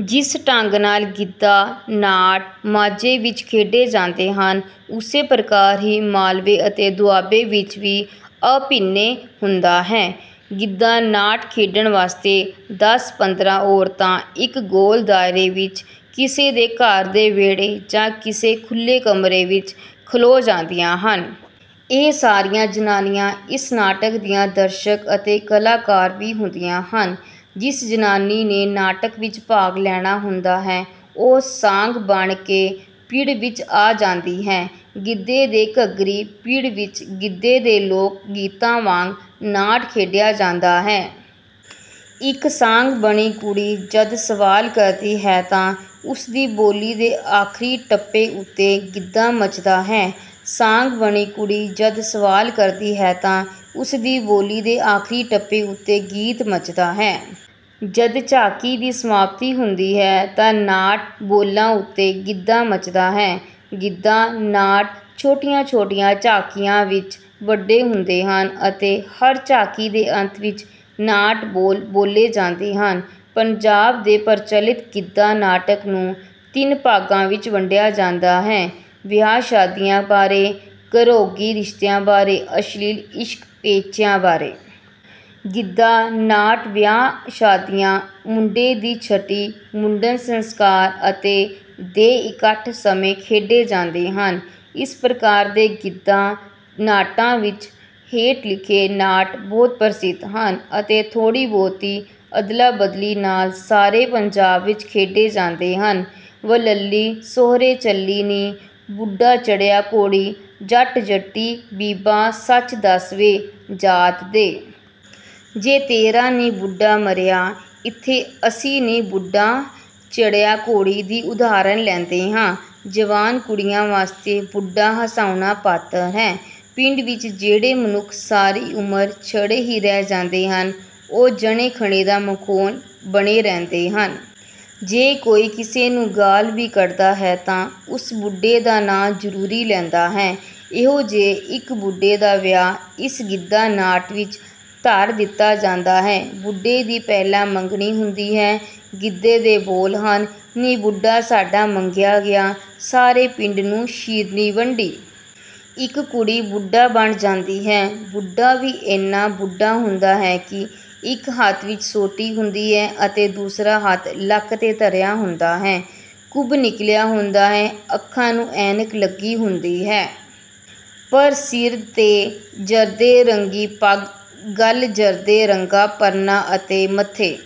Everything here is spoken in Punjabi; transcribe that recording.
ਜਿਸ ਢੰਗ ਨਾਲ ਗਿੱਧਾ ਨਾਟ ਮਾਝੇ ਵਿੱਚ ਖੇਡੇ ਜਾਂਦੇ ਹਨ, ਉਸੇ ਪ੍ਰਕਾਰ ਹੀ ਮਾਲਵੇ ਅਤੇ ਦੁਆਬੇ ਵਿੱਚ ਵੀ ਅਭਿਨੈ ਹੁੰਦਾ ਹੈ। ਗਿੱਧਾ ਨਾਟ ਖੇਡਣ ਵਾਸਤੇ ਦਸ ਪੰਦਰਾਂ ਔਰਤਾਂ ਇੱਕ ਗੋਲ ਦਾਇਰੇ ਵਿੱਚ ਕਿਸੇ ਦੇ ਘਰ ਦੇ ਵਿਹੜੇ ਜਾਂ ਕਿਸੇ ਖੁੱਲ੍ਹੇ ਕਮਰੇ ਵਿੱਚ ਖਲੋ ਜਾਂਦੀਆਂ ਹਨ। ਇਹ ਸਾਰੀਆਂ ਜ਼ਨਾਨੀਆਂ ਇਸ ਨਾਟਕ ਦੀਆਂ ਦਰਸ਼ਕ ਅਤੇ ਕਲਾਕਾਰ ਵੀ ਹੁੰਦੀਆਂ ਹਨ। ਜਿਸ ਜ਼ਨਾਨੀ ਨੇ ਨਾਟਕ ਵਿੱਚ ਭਾਗ ਲੈਣਾ ਹੁੰਦਾ ਹੈ, ਉਹ ਸਾਂਗ ਬਣ ਕੇ ਪਿੜ ਵਿੱਚ ਆ ਜਾਂਦੀ ਹੈ। ਗਿੱਧੇ ਦੇ ਘੱਗਰੀ ਪਿੜ ਵਿੱਚ ਗਿੱਧੇ ਦੇ ਲੋਕ ਗੀਤਾਂ ਵਾਂਗ ਨਾਟ ਖੇਡਿਆ ਜਾਂਦਾ ਹੈ। ਇੱਕ ਸਾਂਗ ਬਣੀ ਕੁੜੀ ਜਦ ਸਵਾਲ ਕਰਦੀ ਹੈ ਤਾਂ ਉਸ ਦੀ ਬੋਲੀ ਦੇ ਆਖ਼ਰੀ ਟੱਪੇ ਉੱਤੇ ਗਿੱਧਾ ਮੱਚਦਾ ਹੈ। ਸਾਂਗ ਬਣੀ ਕੁੜੀ ਜਦ ਸਵਾਲ ਕਰਦੀ ਹੈ ਤਾਂ ਉਸ ਦੀ ਬੋਲੀ ਦੇ ਆਖ਼ਰੀ ਟੱਪੇ ਉੱਤੇ ਗੀਤ ਮੱਚਦਾ ਹੈ। ਜਦ ਝਾਕੀ ਦੀ ਸਮਾਪਤੀ ਹੁੰਦੀ ਹੈ ਤਾਂ 'ਨਾਟ ਬੋਲਾਂ' ਉੱਤੇ ਗਿੱਧਾ ਮੱਚਦਾ ਹੈ। ਗਿੱਧਾ ਨਾਟ ਛੋਟੀਆਂ-ਛੋਟੀਆਂ ਝਾਕੀਆਂ ਵਿੱਚ ਵੱਡੇ ਹੁੰਦੇ ਹਨ ਅਤੇ ਹਰ ਝਾਕੀ ਦੇ ਅੰਤ ਵਿੱਚ 'ਨਾਟ ਬੋਲ' ਬੋਲੇ ਜਾਂਦੇ ਹਨ। ਪੰਜਾਬ ਦੇ ਪ੍ਰਚੱਲਿਤ ਗਿੱਧਾ ਨਾਟਕ ਨੂੰ ਤਿੰਨ ਭਾਗਾਂ ਵਿੱਚ ਵੰਡਿਆ ਜਾਂਦਾ ਹੈ: ਵਿਆਹ ਸ਼ਾਦੀਆਂ ਬਾਰੇ, ਘਰੋਗੀ ਰਿਸ਼ਤਿਆਂ ਬਾਰੇ, ਅਸ਼ਲੀਲ ਇਸ਼ਕ ਪੇਚਿਆਂ ਬਾਰੇ। ਗਿੱਧਾ ਨਾਟ ਵਿਆਹ ਸ਼ਾਦੀਆਂ, ਮੁੰਡੇ ਦੀ ਛਟੀ, ਮੁੰਡਨ ਸੰਸਕਾਰ ਅਤੇ ਦੇ ਇਕੱਠ ਸਮੇਂ ਖੇਡੇ ਜਾਂਦੇ ਹਨ। ਇਸ ਪ੍ਰਕਾਰ ਦੇ ਗਿੱਧਾ ਨਾਟਾਂ ਵਿੱਚ ਹੇਠ ਲਿਖੇ ਨਾਟ ਬਹੁਤ ਪ੍ਰਸਿੱਧ ਹਨ ਅਤੇ ਥੋੜ੍ਹੀ-ਬਹੁਤੀ ਅਦਲਾ-ਬਦਲੀ ਨਾਲ ਸਾਰੇ ਪੰਜਾਬ ਵਿੱਚ ਖੇਡੇ ਜਾਂਦੇ ਹਨ: ਵਲੱਲੀ ਸਹੁਰੇ ਚੱਲੀ ਨੀ, ਬੁੱਢਾ ਚੜ੍ਹਿਆ ਘੋੜੀ, ਜੱਟ ਜੱਟੀ ਬੀਬਾ ਸੱਚ ਦੱਸ ਵੇ, ਜਾਤ ਦੇ। ਜੇ ਤੇਰਾ ਨੀ ਬੁੱਢਾ ਮਰਿਆ। ਇੱਥੇ ਅਸੀਂ 'ਨੀ ਬੁੱਢਾ ਚੜ੍ਹਿਆ ਘੋੜੀ' ਦੀ ਉਦਾਹਰਨ ਲੈਂਦੇ ਹਾਂ। ਜਵਾਨ ਕੁੜੀਆਂ ਵਾਸਤੇ ਬੁੱਢਾ ਹਸਾਉਣਾ ਪਾਤਰ ਹੈ। ਪਿੰਡ ਵਿੱਚ ਜਿਹੜੇ ਮਨੁੱਖ ਸਾਰੀ ਉਮਰ ਛੜੇ ਹੀ ਰਹਿ ਜਾਂਦੇ ਹਨ, ਉਹ ਜਣੇ-ਖਣੇ ਦਾ ਮਖ਼ੌਲ ਬਣੇ ਰਹਿੰਦੇ ਹਨ। ਜੇ ਕੋਈ ਕਿਸੇ ਨੂੰ ਗਾਲ੍ਹ ਵੀ ਕੱਢਦਾ ਹੈ ਤਾਂ ਉਸ ਬੁੱਢੇ ਦਾ ਨਾਂ ਜ਼ਰੂਰੀ ਲੈਂਦਾ ਹੈ। ਇਹੋ ਜਿਹੇ ਇੱਕ ਬੁੱਢੇ ਦਾ ਵਿਆਹ ਇਸ ਗਿੱਧਾ ਨਾਟ ਵਿੱਚ ਧਰ ਦਿੱਤਾ ਜਾਂਦਾ ਹੈ। ਬੁੱਢੇ ਦੀ ਪਹਿਲਾਂ ਮੰਗਣੀ ਹੁੰਦੀ ਹੈ, ਗਿੱਧੇ ਦੇ ਬੋਲ ਹਨ: "ਨੀ ਬੁੱਢਾ ਸਾਡਾ ਮੰਗਿਆ ਗਿਆ, ਸਾਰੇ ਪਿੰਡ ਨੂੰ ਸ਼ੀਰਨੀ ਵੰਡੀ।" ਇੱਕ ਕੁੜੀ ਬੁੱਢਾ ਬਣ ਜਾਂਦੀ ਹੈ। ਬੁੱਢਾ ਵੀ ਏਨਾ ਬੁੱਢਾ ਹੁੰਦਾ ਹੈ ਕਿ ਇੱਕ ਹੱਥ ਵਿੱਚ ਸੋਟੀ ਹੁੰਦੀ ਹੈ ਅਤੇ ਦੂਸਰਾ ਹੱਥ ਲੱਕ ਤੇ ਧਰਿਆ ਹੁੰਦਾ ਹੈ। ਕੁੱਬ ਨਿਕਲਿਆ ਹੁੰਦਾ ਹੈ, ਅੱਖਾਂ ਨੂੰ ਐਨਕ ਲੱਗੀ ਹੁੰਦੀ ਹੈ। ਪਰ ਸਿਰ ਤੇ ਜਰਦੇ ਰੰਗੀ ਪੱਗ, ਗਲ ਜਰਦੇ ਰੰਗਾ ਪਰਨਾ ਅਤੇ ਮੱਥੇ